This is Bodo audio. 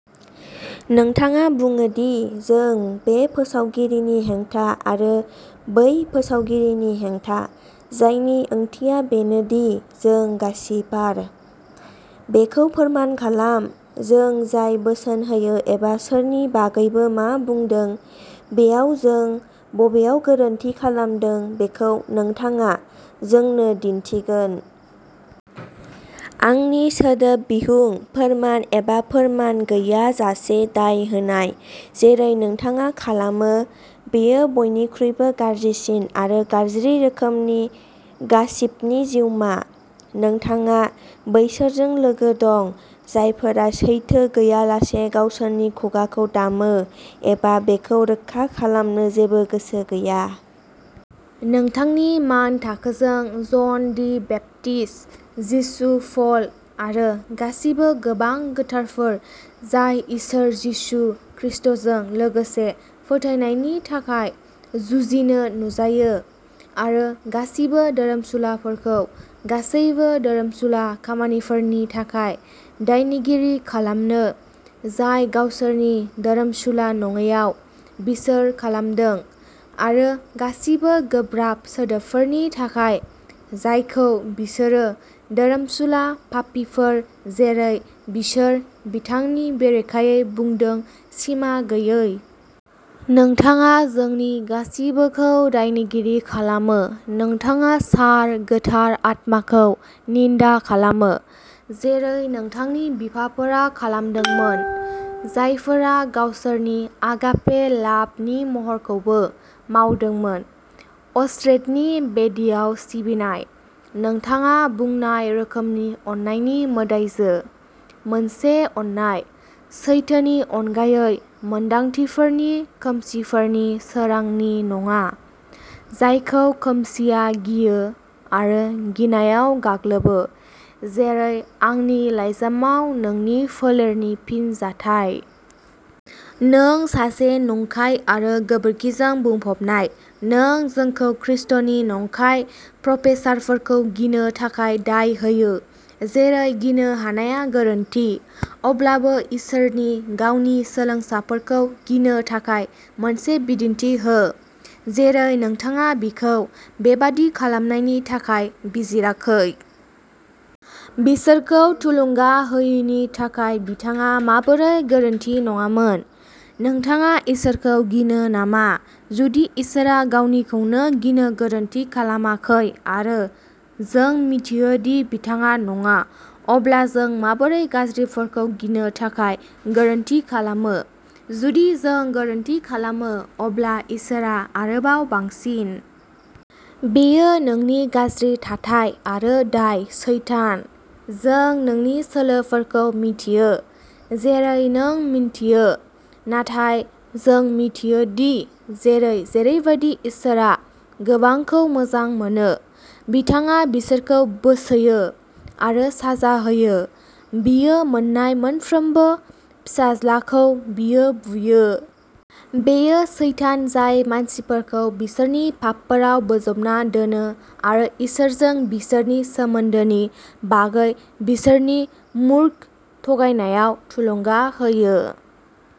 नोंथाङा बुङो दि जों "बे फोसावगिरिनि हेंथा आरो बै फोसावगिरिनि हेंथा", जायनि ओंथिया बेनो दि जों गासिपार। बेखौ फोरमान खालाम। जों जाय बोसोन होयो एबा सोरनि बागैबो मा बुंदों बेयाव जों बबेयाव गोरोन्थि खालामदों बेखौ नोंथाङा जोंनो दिन्थिगोन। आंनि सोदोब बिहुं, फोरमान एबा फोरमान गैयाजासे दाय होनाय, जेरै नोंथाङा खालामो, बेयो बयनिख्रुइबो गाज्रिसिन आरो गाज्रि रोखोमनि गासिपनि जिउमा। नोंथाङा बैसोरजों लोगो दं, जायफोरा सैथो गैयालासे गावसोरनि खुगाखौ दामो एबा बेखौ रोखा खालामनो जेबो गोसो गैया। नोंथांनि मानथाखोजों, जन दि बेप्टिस्ट, जिसु, पल आरो गासिबो गोबां गोथारफोर, जाय इसोर जिसु खृष्टजों लोगोसे फोथायनायनि थाखाय जुजिनो नुजायो "आरो गासिबो धोरोमसुलाफोरखौ गासैबो धोरोमसुला खामानिफोरनि थाखाय दायनिगिरि खालामनो, जाय गावसोरनि धोरोमसुला नङैआव बिसोर खालामदों, आरो गासिबो गोब्राब सोदोबफोरनि थाखाय, जायखौ बिसोरो, धोरोमसुला पापीफोर जेरै बिसोर, बिथांनि बेरेखायै बुंदों" सिमा गैयै। नोंथाङा जोंनि गासिबोखौ दायनिगिरि खालामो। नोंथाङा, सार, गोथार आत्माखौ निन्दा खालामो, जेरै नोंथांनि बिफाफोरा खालामदोंमोन, जायफोरा गावसोरनि "आगापे लाभ" नि महरखौबो मावदोंमोन, अष्टरेथनि बेदियाव सिबिनाय, नोंथाङा बुंनाय रोखोमनि अननायनि मोदाइजो, मोनसे अननाय। सैथोनि अनगायै मोन्दांथिफोरनि, खोमसिफोरनि, सोरांनि नङा, जायखौ खोमसिआ गियो आरो गिनायाव गाग्लोबो, जेरै आंनि लाइजामाव नोंनि फोलेरनि फिनजाथाय। नों सासे नंखाय आरो गोबोरखिजों बुंफबनाय। नों जोंखौ खृष्टनि नंखाय प्रफेसारफोरखौ गिनो थाखाय दाय होयो, जेरै गिनो हानाया गोरोन्थि, अब्लाबो इसोरनि गावनि सोलोंसाफोरखौ गिनो थाखाय मोनसे बिदिन्थि हो, जेरै नोंथाङा बिखौ बेबादि खालामनायनि थाखाय बिजिराखै। बिसोरखौ थुलुंगा होयैनि थाखाय बिथाङा माबोरै गोरोन्थि नङामोन? नोंथाङा इसोरखौ गिनो नामा? जुदि इसोरआ गावनिखौनो गिनो गोरोनथि खालामाखै, आरो जों मिथियो दि बिथाङा नङा, अब्ला जों माबोरै गाज्रिफोरखौ गिनो थाखाय गोरोन्थि खालामो? जुदि जों गोरोन्थि खालामो, अब्ला इसोरआ आरोबाव बांसिन। बेयो नोंनि गाज्रि थाथाय आरो दाय, सैतान। जों नोंनि सोलोफोरखौ मिथियो, जेरै नों मिन्थियो। नाथाय जों मिथियो दि जेरै जेरैबादि इसोरआ गोबांखौ मोजां मोनो, बिथाङा बिसोरखौ बोसोयो आरो साजा होयो। बियो मोन्नाय मोनफ्रोमबो फिसाज्लाखौ बियो बुयो। बेयो सैतान जाय मानसिफोरखौ बिसोरनि पापफोराव बोजबना दोनो आरो इसोरजों बिसोरनि सोमोन्दोनि बागै बिसोरनि मूर्ख थगायनायाव थुलुंगा होयो।